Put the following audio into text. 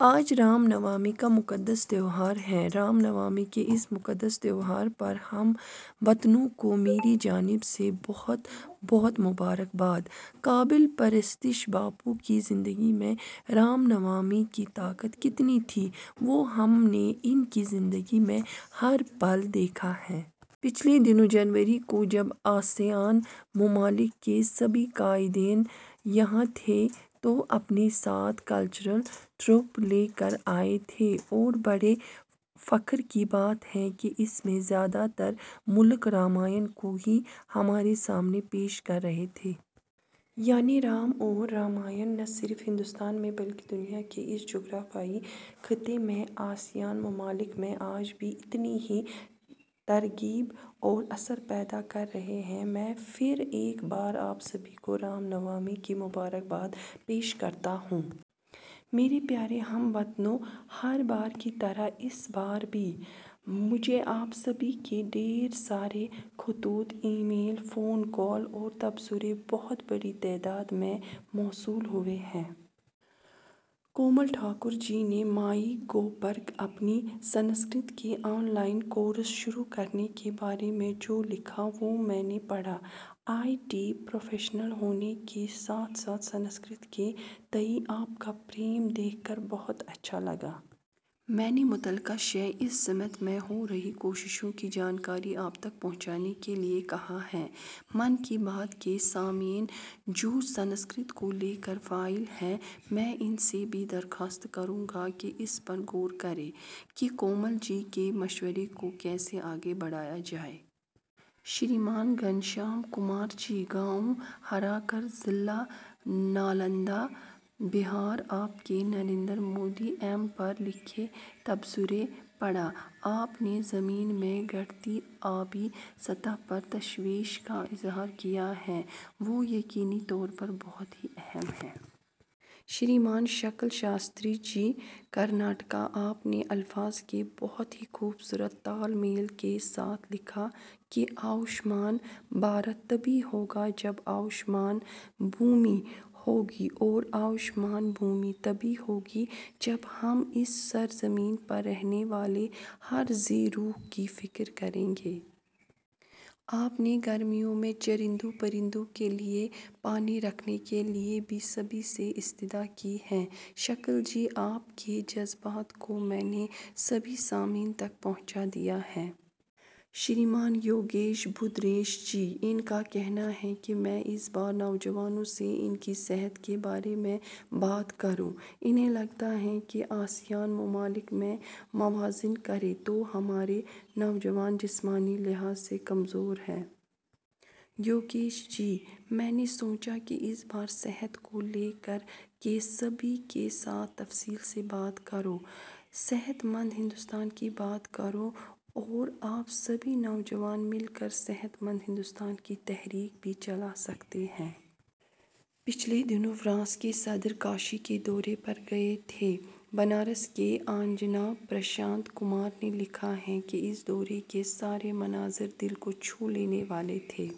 آج رام نومی کا مقدس تہوار ہے۔ رام نومی کے اس مقدس تہوار پر ہم وطنوں کو میری جانب سے بہت بہت مبارکباد۔ قابل پرستش باپو کی زندگی میں 'رام نومی' کی طاقت کتنی تھی وہ ہم نے ان کی زندگی میں ہر پل دیکھا ہے۔ پچھلے دنوں جنوری کو جب آسیان ممالک کے سبھی قائدین یہاں تھے تو اپنے ساتھ کلچرل ٹروپ لے کر آئے تھے اور بڑے فخر کی بات ہے کہ اس میں زیادہ تر ملک رامائن کو ہی ہمارے سامنے پیش کر رہے تھے۔ یعنی رام اور رامائن ، نہ صرف ہندوستان میں بلکہ دنیا کے اس جغرافیائی خطے میں آسیان ممالک میں آج بھی اتنی ہی ترغیب اور اثر پیدا کر رہے ہیں۔ میں پھر ایک بار آپ سبھی کو رام نومی کی مبارکباد پیش کرتا ہوں۔ میرے پیارے ہم وطنوں ، ہر بار کی طرح اس بار بھی مجھے آپ سبھی کے ڈھیر سارے خطوط ، ای میل، فون کال اور تبصرے بہت بڑی تعداد میں موصول ہوئے ہیں۔ کومل ٹھاکر جی نے مائی گو پر اپنی سنسکرت کے آن لائن کورس شروع کرنے کے بارے میں جو لکھا وہ میں نے پڑھا۔ آئی ٹی پروفیشنل ہونے کے ساتھ ساتھ سنسکرت کے تئیں آپ کا پریم دیکھ کر بہت اچھا لگا۔ میں نے متعلقہ شعبے اس سمت میں ہو رہی کوششوں کی جانکاری آپ تک پہنچانے کے لیے کہا ہے۔ 'من کی بات' کے سامعین جو سنسکرت کو لے کر فعال ہیں ، میں ان سے بھی درخواست کروں گا کہ اس پر غور کریں کہ کومل جی کے مشورے کو کیسے آگے بڑھایا جائے۔ شریمان گھنشیام کمار جی ، گاؤں براکر، ضلع نالندہ ، بہار – آپ کے نریندر مودی ایپ پر لکھے تبصرے پڑھا۔ آپ نے زمین میں گھٹتی آبی سطح پر تشویش کا اظہار کیا ہے ، وہ یقینی طور پر بہت ہی اہم ہے۔ شریمان شکل شاستری جی ، کرناٹک – آپ نے الفاظ کے بہت ہی خوبصورت تال میل کے ساتھ لکھا کہ 'آیوش مان بھارت 'تبھی ہوگا جب 'آیوش مان بھومی ' ہوگی اور 'آیوش مان بھومی' تبھی ہوگی جب ہم اس سرزمین پر رہنے والے ہر ذی روح کی فکر کریں گے۔ آپ نے گرمیوں میں چرندوں پرندوں کے لیے پانی رکھنے کے لیے بھی سبھی سے استدعا کی ہے۔ شکل جی ، آپ کے جذبات کو میں نے سبھی سامعین تک پہنچا دیا ہے۔ شریمان یوگیش بھدریش جی ، ان کا کہنا ہے کہ میں اس بار نوجوانوں سے ان کی صحت کے بارے میں بات کروں۔ انہیں لگتا ہے کہ آسیان ممالک میں موازنہ کریں تو ہمارے نوجوان جسمانی لحاظ سے کمزور ہیں۔ یوگیش جی، میں نے سوچا کہ اس بار صحت کو لے کر کے سبھی کے ساتھ تفصیل سے بات کروں۔ صحت مند ہندوستان کی بات کروں اور آپ سبھی نوجوان مل کر صحت مندہندوستان کی تحریک بھی چلا سکتے ہیں۔ پچھلے دنوں فرانس کے صدر کاشی کے دورے پر گئے تھے۔ بنارس کے آنجناب پرشانت کمار نے لکھا ہے کہ اس دورے کے سارے مناظر ، دل کو چھو لینے والے تھے۔